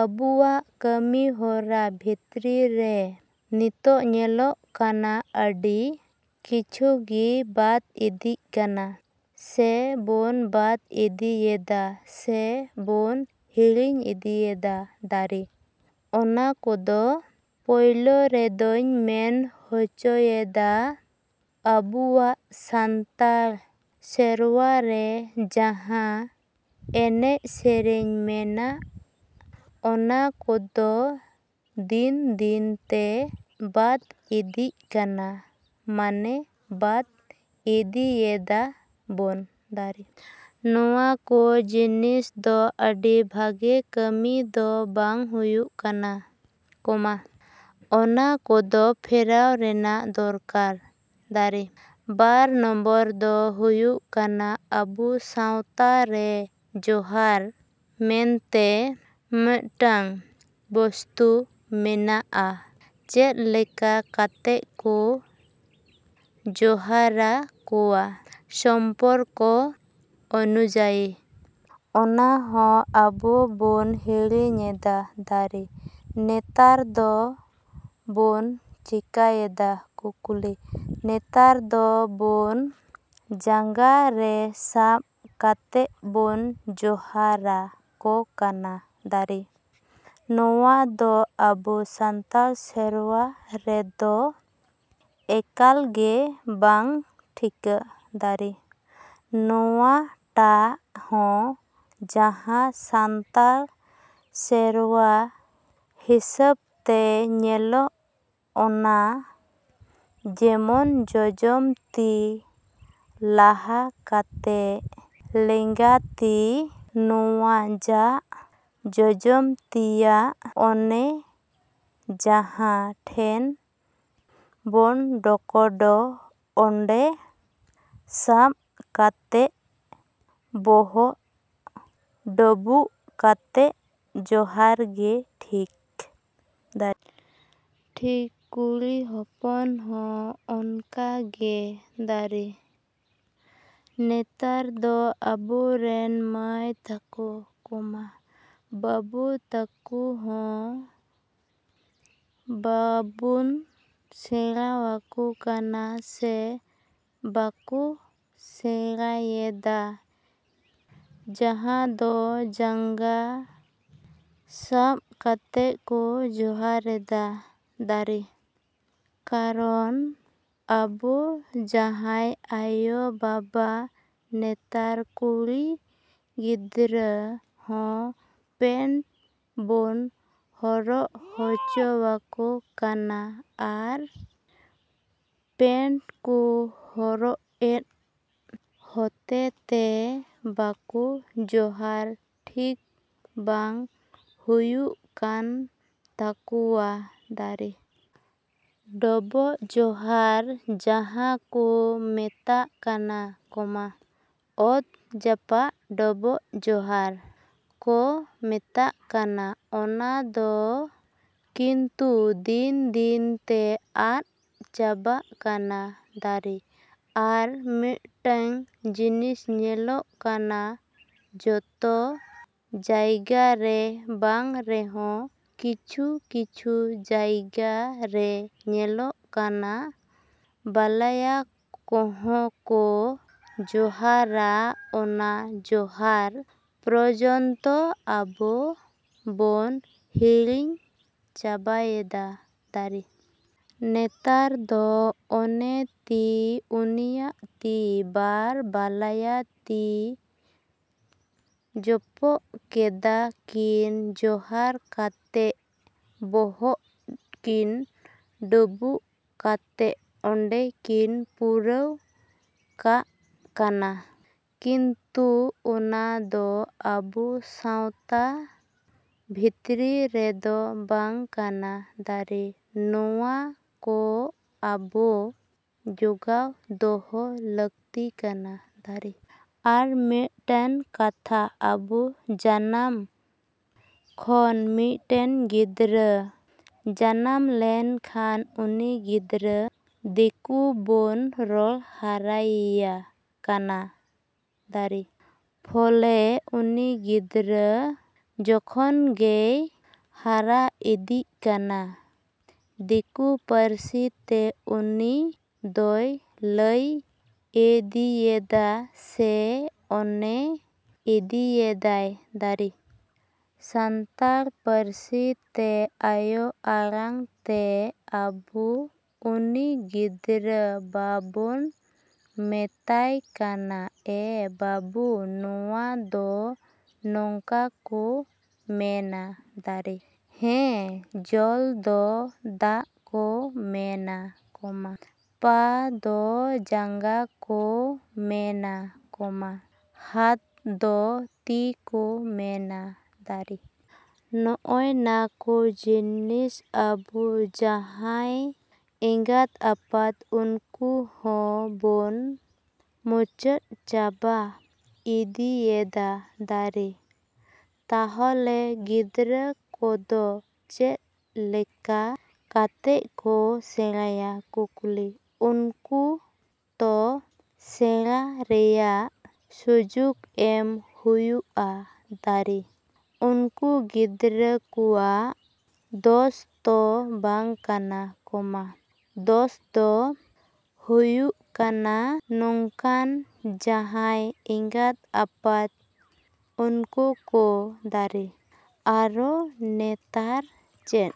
ᱟᱵᱚᱣᱟᱜ ᱠᱟᱹᱢᱤᱦᱚᱨᱟ ᱵᱷᱤᱛᱨᱤ ᱨᱮ ᱱᱤᱛᱚᱜ ᱧᱮᱞᱚᱜᱚᱜ ᱠᱟᱱᱟ ᱟᱹᱰᱤ ᱠᱤᱪᱷᱩ ᱜᱮ ᱵᱟᱫᱽ ᱤᱫᱤᱜ ᱠᱟᱱᱟ, ᱥᱮ ᱵᱚᱱ ᱵᱟᱫᱽ ᱤᱫᱤᱭᱮᱫᱟ ᱥᱮ ᱵᱚᱱ ᱦᱤᱲᱤᱧ ᱤᱫᱤᱭᱮᱫᱟ᱾ ᱚᱱᱟ ᱠᱚᱫᱚ ᱯᱚᱭᱞᱚ ᱨᱮᱫᱩᱧ ᱢᱮᱱ ᱦᱚᱪᱚᱭᱮᱫᱟ ᱟᱵᱚᱣᱟᱜ ᱥᱟᱱᱛᱟᱲ ᱥᱮᱨᱣᱟ ᱨᱮ ᱡᱟᱦᱟᱸ ᱮᱱᱮᱡ ᱥᱮᱨᱮᱧ ᱢᱮᱱᱟᱜᱼᱟ ᱚᱱᱟ ᱠᱚᱫᱚ ᱫᱤᱱ ᱫᱤᱱ ᱛᱮ ᱟᱫᱽ ᱤᱫᱤᱜ ᱠᱟᱱᱟ, ᱢᱟᱱᱮ ᱟᱫᱽ ᱤᱫᱤᱭᱮᱫᱟ ᱵᱚᱱ᱾ ᱱᱚᱣᱟ ᱠᱚ ᱡᱤᱱᱤᱥ ᱫᱚ ᱟᱹᱰᱤ ᱵᱷᱟᱜᱮ ᱠᱟᱹᱢᱤ ᱫᱚ ᱵᱟᱝ ᱦᱩᱭᱩᱜ ᱠᱟᱱᱟ, ᱚᱱᱟ ᱠᱚᱫᱚ ᱯᱷᱮᱨᱟᱣ ᱨᱮᱱᱟᱜ ᱫᱚᱨᱠᱟᱨ᱾ ᱵᱟᱨ ᱱᱚᱢᱵᱚᱨ ᱫᱚ ᱦᱩᱭᱩᱜ ᱠᱟᱱᱟ ᱟᱵᱚ ᱥᱟᱶᱛᱟ ᱨᱮ ᱡᱚᱦᱟᱨ ᱢᱮᱱᱛᱮ ᱢᱤᱫᱴᱟᱹᱝ ᱵᱚᱥᱛᱩ ᱢᱮᱱᱟᱜᱼᱟ ᱪᱮᱫ ᱞᱮᱠᱟ ᱠᱟᱛᱮᱫ ᱠᱚ ᱡᱚᱦᱟᱨᱟ ᱠᱚᱣᱟ ᱥᱚᱢᱯᱚᱨᱠᱚ ᱚᱱᱩᱡᱟᱭᱤ᱾ ᱚᱱᱟ ᱦᱚᱸ ᱟᱵᱚ ᱵᱚᱱ ᱦᱤᱲᱤᱧᱮᱫᱟ᱾ ᱱᱮᱛᱟᱨ ᱫᱚ ᱵᱚᱱ ᱪᱤᱠᱟᱹᱭᱮᱫᱟ? ᱱᱮᱛᱟᱨ ᱫᱚ ᱵᱚᱱ ᱡᱟᱸᱜᱟ ᱨᱮ ᱥᱟᱵᱽ ᱠᱟᱛᱮᱫ ᱵᱚᱱ ᱡᱚᱦᱟᱨᱟ ᱠᱚ ᱠᱟᱱᱟ᱾ ᱱᱚᱣᱟ ᱫᱚ ᱟᱵᱚ ᱥᱟᱱᱛᱟᱲ ᱥᱮᱨᱣᱟ ᱨᱮᱫᱚ ᱮᱠᱟᱞ ᱜᱮ ᱵᱟᱝ ᱴᱷᱤᱠᱟᱹ᱾ ᱱᱚᱣᱟ ᱴᱟᱜ ᱦᱚᱸ ᱡᱟᱦᱟᱸ ᱥᱟᱱᱛᱟᱲ ᱥᱮᱨᱣᱟ ᱦᱤᱥᱟᱹᱵᱽ ᱛᱮ ᱢᱮᱱᱟᱜᱼᱟ ᱚᱱᱟ ᱡᱮᱢᱚᱱ ᱡᱚᱡᱚᱢ ᱛᱤ ᱞᱟᱦᱟ ᱠᱟᱛᱮᱫ ᱞᱮᱸᱜᱟ ᱛᱤᱛᱮ ᱱᱚᱜᱼᱚᱭ ᱡᱟ ᱡᱚᱡᱚᱢ ᱛᱤᱭᱟᱜ ᱚᱱᱮ ᱡᱟᱦᱟᱸ ᱴᱷᱮᱱ ᱵᱚᱱ ᱵᱟᱹᱠᱩᱵᱟ ᱚᱸᱰᱮ ᱥᱟᱵᱽ ᱠᱟᱛᱮᱫ ᱵᱚᱦᱚᱜ ᱰᱚᱵᱚᱜ ᱠᱟᱛᱮᱫ ᱡᱚᱦᱟᱨ ᱜᱮ ᱴᱷᱤᱠᱟᱹ᱾ ᱴᱷᱤᱠ ᱠᱩᱲᱤ ᱦᱚᱯᱚᱱ ᱦᱚᱸ ᱚᱱᱠᱟ ᱜᱮ᱾ ᱱᱮᱛᱟᱨ ᱫᱚ ᱟᱵᱚ ᱨᱤᱱ ᱢᱟᱹᱭ ᱛᱟᱠᱚ, ᱵᱟᱹᱵᱩ ᱛᱟᱠᱚ ᱦᱚᱸ ᱵᱟᱵᱚᱱ ᱥᱮᱬᱟᱣᱟᱠᱚ ᱠᱟᱱᱟ ᱥᱮ ᱵᱟᱠᱚ ᱥᱮᱬᱟᱭᱮᱫᱟ ᱡᱟᱦᱟᱸ ᱫᱚ ᱡᱟᱸᱜᱟ ᱥᱟᱵᱽ ᱠᱟᱛᱮᱫ ᱠᱚ ᱡᱚᱦᱟᱨᱮᱫᱟ᱾ ᱠᱟᱨᱚᱱ ᱟᱵᱚ ᱡᱟᱦᱟᱸᱭ ᱟᱭᱳᱼᱵᱟᱵᱟ ᱱᱮᱛᱟᱨ ᱠᱩᱲᱤ ᱜᱤᱫᱽᱨᱟᱹ ᱦᱚᱸ ᱯᱮᱱᱴ ᱵᱚᱱ ᱦᱚᱨᱚᱜ ᱦᱚᱪᱚᱣᱟᱠᱚ ᱠᱟᱱᱟ ᱟᱨ ᱯᱮᱱᱴ ᱠᱚ ᱦᱚᱨᱚᱜᱮᱫ ᱦᱚᱛᱮᱫ ᱛᱮ ᱵᱟᱠᱚ ᱡᱚᱦᱟᱨ ᱴᱷᱤᱠ ᱵᱟᱝ ᱦᱩᱭᱩᱜ ᱠᱟᱱ ᱛᱟᱠᱚᱣᱟ᱾ ᱰᱚᱵᱚᱜ ᱡᱚᱦᱟᱨ ᱡᱟᱦᱟᱸ ᱠᱚ ᱢᱮᱛᱟᱜ ᱠᱟᱱᱟ, ᱚᱛ ᱡᱟᱯᱟᱜ ᱜᱚᱰ ᱡᱚᱦᱟᱨ ᱡᱟᱦᱟᱸ ᱠᱚ ᱢᱮᱛᱟᱜ ᱠᱟᱱᱟ ᱚᱱᱟ ᱫᱚ ᱠᱤᱱᱛᱩ ᱫᱤᱱ ᱫᱤᱱ ᱛᱮ ᱟᱫᱽ ᱪᱟᱵᱟᱜ ᱠᱟᱱᱟ᱾ ᱟᱨ ᱢᱤᱫᱴᱟᱹᱝ ᱡᱤᱱᱤᱥ ᱧᱮᱞᱚᱜ ᱠᱟᱱᱟ ᱡᱚᱛᱚ ᱡᱟᱭᱜᱟ ᱨᱮ ᱵᱟᱝ ᱨᱮᱦᱚᱸ ᱠᱤᱪᱷᱩ ᱠᱤᱪᱷᱩ ᱡᱟᱭᱜᱟ ᱨᱮ ᱧᱮᱞᱚᱜ ᱠᱟᱱᱟ ᱵᱟᱞᱟᱭᱟ ᱠᱚ ᱡᱟᱦᱟᱸᱭ ᱠᱚ ᱡᱚᱦᱟᱨᱟ ᱚᱱᱟ ᱡᱚᱦᱟᱨ ᱯᱚᱨᱡᱚᱱᱛᱚ ᱟᱵᱚ ᱵᱚᱱ ᱦᱤᱲᱤᱧ ᱪᱟᱵᱟᱭᱮᱫᱟ᱾ ᱱᱮᱛᱟᱨ ᱫᱚ ᱚᱱᱮ ᱛᱤ ᱩᱱᱤᱭᱟᱜ ᱛᱤ ᱵᱟᱨ ᱵᱟᱞᱟ ᱛᱤ ᱡᱚᱯᱚᱜ ᱠᱟᱛᱮᱫ ᱠᱤᱱ ᱡᱚᱦᱟᱨ ᱠᱟᱛᱮᱫ ᱵᱚᱦᱚᱜ ᱠᱤᱱ ᱰᱚᱵᱚᱜ ᱠᱟᱛᱮᱫ ᱚᱸᱰᱮ ᱠᱤᱱ ᱯᱩᱨᱟᱹᱣ ᱠᱟᱜ ᱠᱟᱱᱟ᱾ ᱠᱤᱱᱛᱩ ᱚᱱᱟ ᱫᱚ ᱟᱵᱚ ᱥᱟᱶᱛᱟ ᱵᱷᱤᱛᱨᱤ ᱨᱮᱫᱚ ᱵᱟᱝ ᱠᱟᱱᱟ᱾ ᱱᱚᱣᱟ ᱠᱚ ᱟᱵᱚ ᱡᱚᱜᱟᱣ ᱫᱚᱦᱚ ᱞᱟᱹᱠᱛᱤ ᱠᱟᱱᱟ᱾ ᱟᱨ ᱢᱤᱫᱴᱟᱹᱝ ᱠᱟᱛᱷᱟ ᱟᱵᱚ ᱡᱟᱱᱟᱢ ᱠᱷᱚᱱ ᱢᱤᱫᱴᱟᱹᱝ ᱜᱤᱫᱽᱨᱟᱹᱭ ᱡᱟᱱᱟᱢ ᱞᱮᱱᱠᱷᱟᱱ ᱩᱱᱤ ᱜᱤᱫᱽᱨᱟᱹ ᱫᱤᱠᱩ ᱛᱮ ᱵᱚᱱ ᱨᱚᱲ ᱦᱟᱨᱟᱭᱮ ᱠᱟᱱᱟ᱾ ᱯᱷᱚᱞᱮ ᱩᱱᱤ ᱜᱤᱫᱽᱨᱟᱹ ᱡᱚᱠᱷᱚᱱ ᱜᱮᱭ ᱦᱟᱨᱟ ᱤᱫᱤᱜ ᱠᱟᱱᱟ ᱫᱤᱠᱩ ᱯᱟᱹᱨᱥᱤ ᱛᱮ ᱩᱱᱤ ᱫᱚᱭ ᱞᱟᱹᱭ ᱤᱫᱤᱭᱮᱫᱟᱭ ᱥᱮ ᱢᱮᱱ ᱤᱫᱤᱭᱮᱫᱟᱭ᱾ ᱥᱟᱱᱛᱟᱲ ᱯᱟᱹᱨᱥᱤ ᱛᱮ ᱟᱭᱳ ᱟᱲᱟᱝ ᱛᱮ ᱟᱵᱚ ᱩᱱᱤ ᱜᱤᱫᱽᱨᱟᱹ ᱵᱟᱵᱚᱱ ᱢᱮᱛᱟᱭ ᱠᱟᱱᱟ ᱮ ᱵᱟᱹᱵᱩ ᱱᱚᱣᱟ ᱫᱚ ᱱᱚᱝᱠᱟ ᱠᱚ ᱢᱮᱱᱟ᱾ ᱦᱮᱸ ᱡᱚᱞ ᱫᱚ ᱫᱟᱜ ᱠᱚ ᱢᱮᱱᱟ, ᱯᱟ ᱫᱚ ᱡᱟᱸᱜᱟ ᱠᱚ ᱢᱮᱱᱟ, ᱦᱟᱛ ᱫᱚ ᱛᱤ ᱠᱚ ᱢᱮᱱᱟ᱾ ᱱᱚᱜᱼᱚ ᱱᱟᱠᱚ ᱡᱤᱱᱤᱥ ᱟᱵᱚ ᱡᱟᱦᱟᱸᱭ ᱮᱸᱜᱟᱛᱼᱟᱯᱟᱛ ᱩᱱᱠᱩ ᱦᱚᱸ ᱵᱚᱱ ᱢᱩᱪᱟᱹᱫ ᱪᱟᱵᱟ ᱤᱫᱤᱭᱮᱫᱟ᱾ ᱛᱟᱦᱞᱮ ᱜᱤᱫᱽᱨᱟᱹ ᱠᱚᱫᱚ ᱪᱮᱫ ᱞᱮᱠᱟ ᱠᱟᱛᱮᱫ ᱠᱚ ᱥᱮᱬᱟᱭᱟ? ᱩᱱᱠᱩ ᱛᱚ ᱥᱮᱬᱟ ᱨᱮᱱᱟᱜ ᱥᱩᱡᱚᱜᱽ ᱮᱢ ᱦᱩᱭᱩᱜᱼᱟ᱾ ᱩᱱᱠᱩ ᱜᱤᱫᱽᱨᱟᱹᱣᱟᱜ ᱫᱚᱥ ᱛᱚ ᱵᱟᱝ ᱠᱟᱱᱟ, ᱫᱚᱥ ᱫᱚ ᱦᱩᱭᱩᱜ ᱠᱟᱱᱟ ᱱᱚᱝᱠᱟᱱ ᱡᱟᱦᱟᱸᱭ ᱮᱸᱜᱟᱛᱼᱟᱯᱟᱛ ᱩᱱᱠᱩ ᱠᱚ᱾ ᱟᱨᱚ ᱱᱮᱛᱟᱨ ᱪᱮᱫ᱾